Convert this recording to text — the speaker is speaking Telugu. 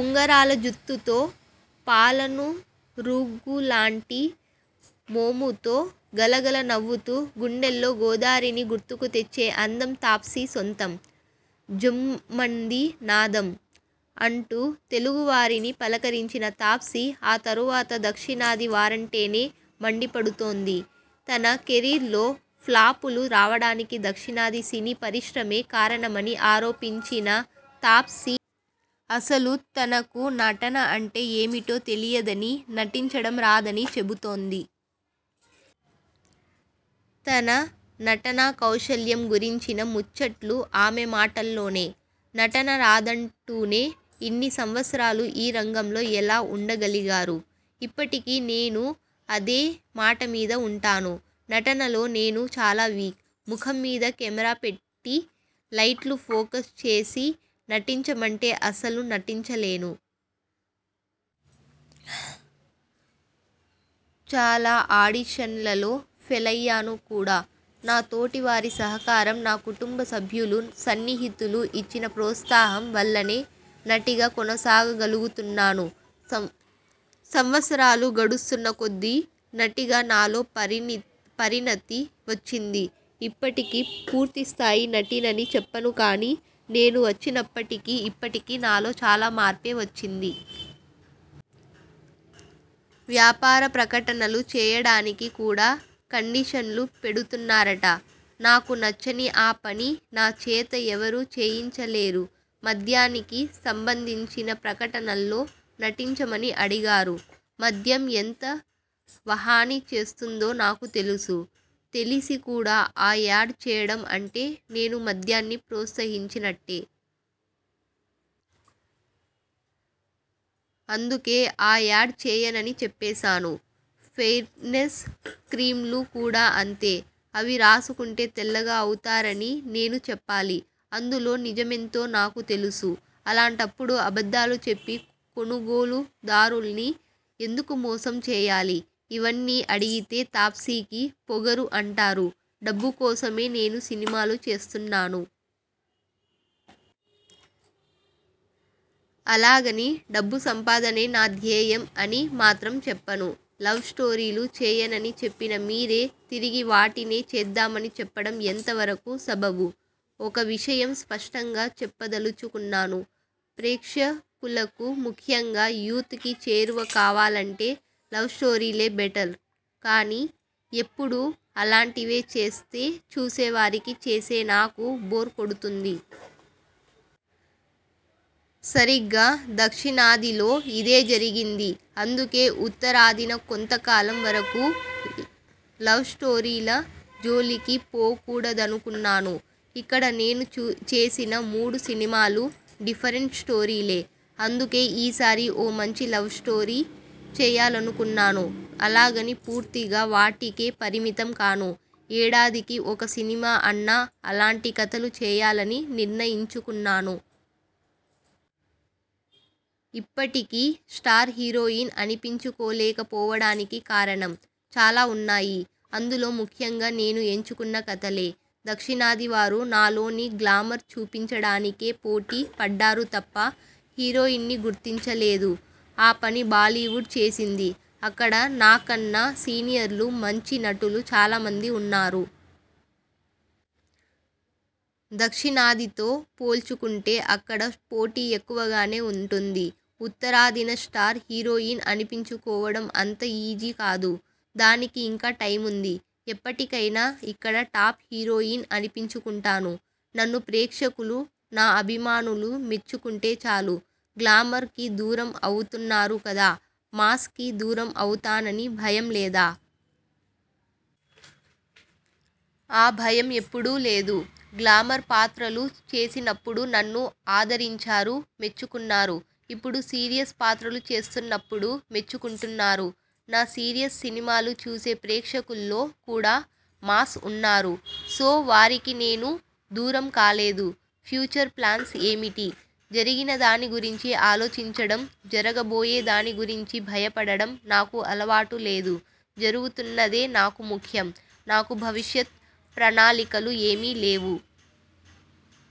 ఉంగరాల జుత్తుతో, పాలనురుగులాంటి మోముతో గలగల నవ్వుతూ 'గుండెల్లో గోదారి'ని గుర్తుకు తెచ్చే అందం తాప్సీ సొంతం. 'ఝుమ్మంది నాదం' అంటూ తెలుగు వారిని పలకరించిన తాప్సీ ఆ తరువాత దక్షిణాది వారంటేనే మండిపడుతోంది. తన కెరీర్లో ఫ్లాపులు రావడానికి దక్షిణాది సినీ పరిశ్రమే కారణమని ఆరోపించిన తాప్సీ అసలు తనకు నటన అంటే ఏమిటో తెలియదనీ, నటించడం రాదనీ చెబుతోంది. తన నటనాకౌశల్యం గురించిన ముచ్చట్లు ఆమె మాటల్లోనే. నటన రాదంటూనే ఇన్ని సంవత్సరాలు ఈ రంగంలో ఎలా ఉండగలిగారు? ఇప్పటికీ నేను అదే మాటమీద ఉంటాను. నటనలో నేను చాలా వీక్. ముఖం మీద కెమెరా పెట్టి లైట్లు ఫోకస్ చేసి నటించమంటే అస్సలు నటించలేను. చాలా ఆడిషన్లలో ఫెలయ్యాను కూడా, నా తోటి వారి సహకారం, నా కుటుంబ సభ్యులు, సన్నిహితులు ఇచ్చిన ప్రోత్సాహం వల్లనే నటిగా కొనసాగగలుగుతున్నాను. సంవత్సరాలు గడుస్తున్న కొద్దీ నటిగా నాలో పరిణతి వచ్చింది. ఇప్పటికీ పూర్తిస్థాయి నటినని చెప్పను కానీ, నేను వచ్చినప్పటికీ ఇప్పటికీ నాలో చాలా మార్పే వచ్చింది. వ్యాపార ప్రకటనలు చేయడానికి కూడా కండిషన్లు పెడుతున్నారట? నాకు నచ్చని ఆ పని నా చేత ఎవరూ చేయించలేరు మద్యానికి సంబంధించిన ప్రకటనల్లో నటించమని అడిగారు. మద్యం ఎంత హాని చేస్తుందో నాకు తెలుసు. తెలిసి కూడా ఆ యాడ్ చేయడం అంటే నేను మద్యాన్ని ప్రోత్సహించినట్టే. అందుకే ఆ యాడ్ చేయనని చెప్పేశాను. ఫెయిర్నెస్ క్రీంలు కూడా అంతే, అవి రాసుకుంటే తెల్లగా అవుతారని నేను చెప్పాలి. అందులో నిజమెంతో నాకు తెలుసు. అలాంటప్పడు అబద్ధాలు చెప్పి కొనుగోలుదారుల్ని ఎందుకు మోసం చేయాలి? ఇవన్నీ అడిగితే తాప్సీకి పొగరు అంటారు. డబ్బు కోసమే నేను సినిమాలు చేస్తున్నాను. అలాగని డబ్బు సంపాదనే నా ధ్యేయం అని మాత్రం చెప్పను. లవ్ స్టోరీలు చేయనని చెప్పిన మీరే తిరిగి వాటినే చేద్దామని చెప్పడం ఎంత వరకు సబబు? ఒక విషయం స్పష్టంగా చెప్పదలుచుకున్నాను. ప్రేక్షకులకు ముఖ్యంగా యూత్ కి చేరువ కావాలంటే లవ్ స్టోరీలే బెటర్, కానీ ఎప్పుడూ అలాంటివే చేస్తే చూసేవారికీ, చేసే నాకూ బోర్ కొడుతుంది. సరిగ్గా దక్షిణాదిలో ఇదే జరిగింది. అందుకే ఉత్తరాదిన కొంత కాలం వరకూ లవ్ స్టోరీల జోలికి పోకూడదనుకున్నాను. ఇక్కడ నేను చేసిన మూడు సినిమాలు డిఫరెంట్ స్టోరీలే. అందుకే ఈసారి ఓ మంచి లవ్ స్టోరీ చేయాలనుకున్నాను. అలాగని పూర్తిగా వాటికే పరిమితం కాను. ఏడాదికి ఒక సినిమా అన్నా అలాంటి కథలు చేయాలని నిర్ణయించుకున్నాను. ఇప్పటికీ స్టార్ హీరోయిన్ అనిపించుకోలేకపోవడానికి కారణం? చాలా ఉన్నాయి. అందులో ముఖ్యంగా నేను ఎంచుకున్న కథలే, దక్షిణాది వారు నాలోని గ్లామర్ చూపించడానికే పోటీ పడ్డారు తప్ప హీరోయిన్ని గుర్తించలేదు. ఆ పని బాలీవుడ్ చేసింది. అక్కడ నా కన్నా సీనియర్లు, మంచి నటులు చాలామంది ఉన్నారు. దక్షిణాదితో పోల్చుకుంటే అక్కడ పోటీ ఎక్కువగానే ఉంటుంది. ఉత్తరాదిన స్టార్ హీరోయిన్ అనిపించుకోవడం అంత ఈజీ కాదు. దానికి ఇంకా టైముంది. ఎప్పటికైనా ఇక్కడ టాప్ హీరోయిన్ అనిపించుకుంటాను. నన్ను ప్రేక్షకులు, నా అభిమానులు మెచ్చుకుంటే చాలు. గ్లామర్ కి దూరం అవుతున్నారు కదా, మాస్ కి దూరం అవుతానని భయం లేదా? ఆ భయం ఎప్పుడూ లేదు. గ్లామర్ పాత్రలు చేసినప్పుడు నన్ను ఆదరించారు, మెచ్చుకున్నారు. ఇప్పుడు సీరియస్ పాత్రలు చేస్తున్నప్పుడూ మెచ్చుకుంటున్నారు. నా సీరియస్ సినిమాలు చూసే ప్రేక్షకుల్లో కూడా మాస్ ఉన్నారు. సో వారికి నేను దూరం కాలేదు. ఫ్యూచర్ ప్లాన్స్ ఏమిటి? జరిగినదాని గురించి ఆలోచించడం, జరగబోయే దాని గురించి భయపడడం నాకు అలవాటు లేదు. జరుగుతున్నదే నాకు ముఖ్యం. నాకు భవిష్యత్ ప్రణాళికలు ఏమీ లేవు.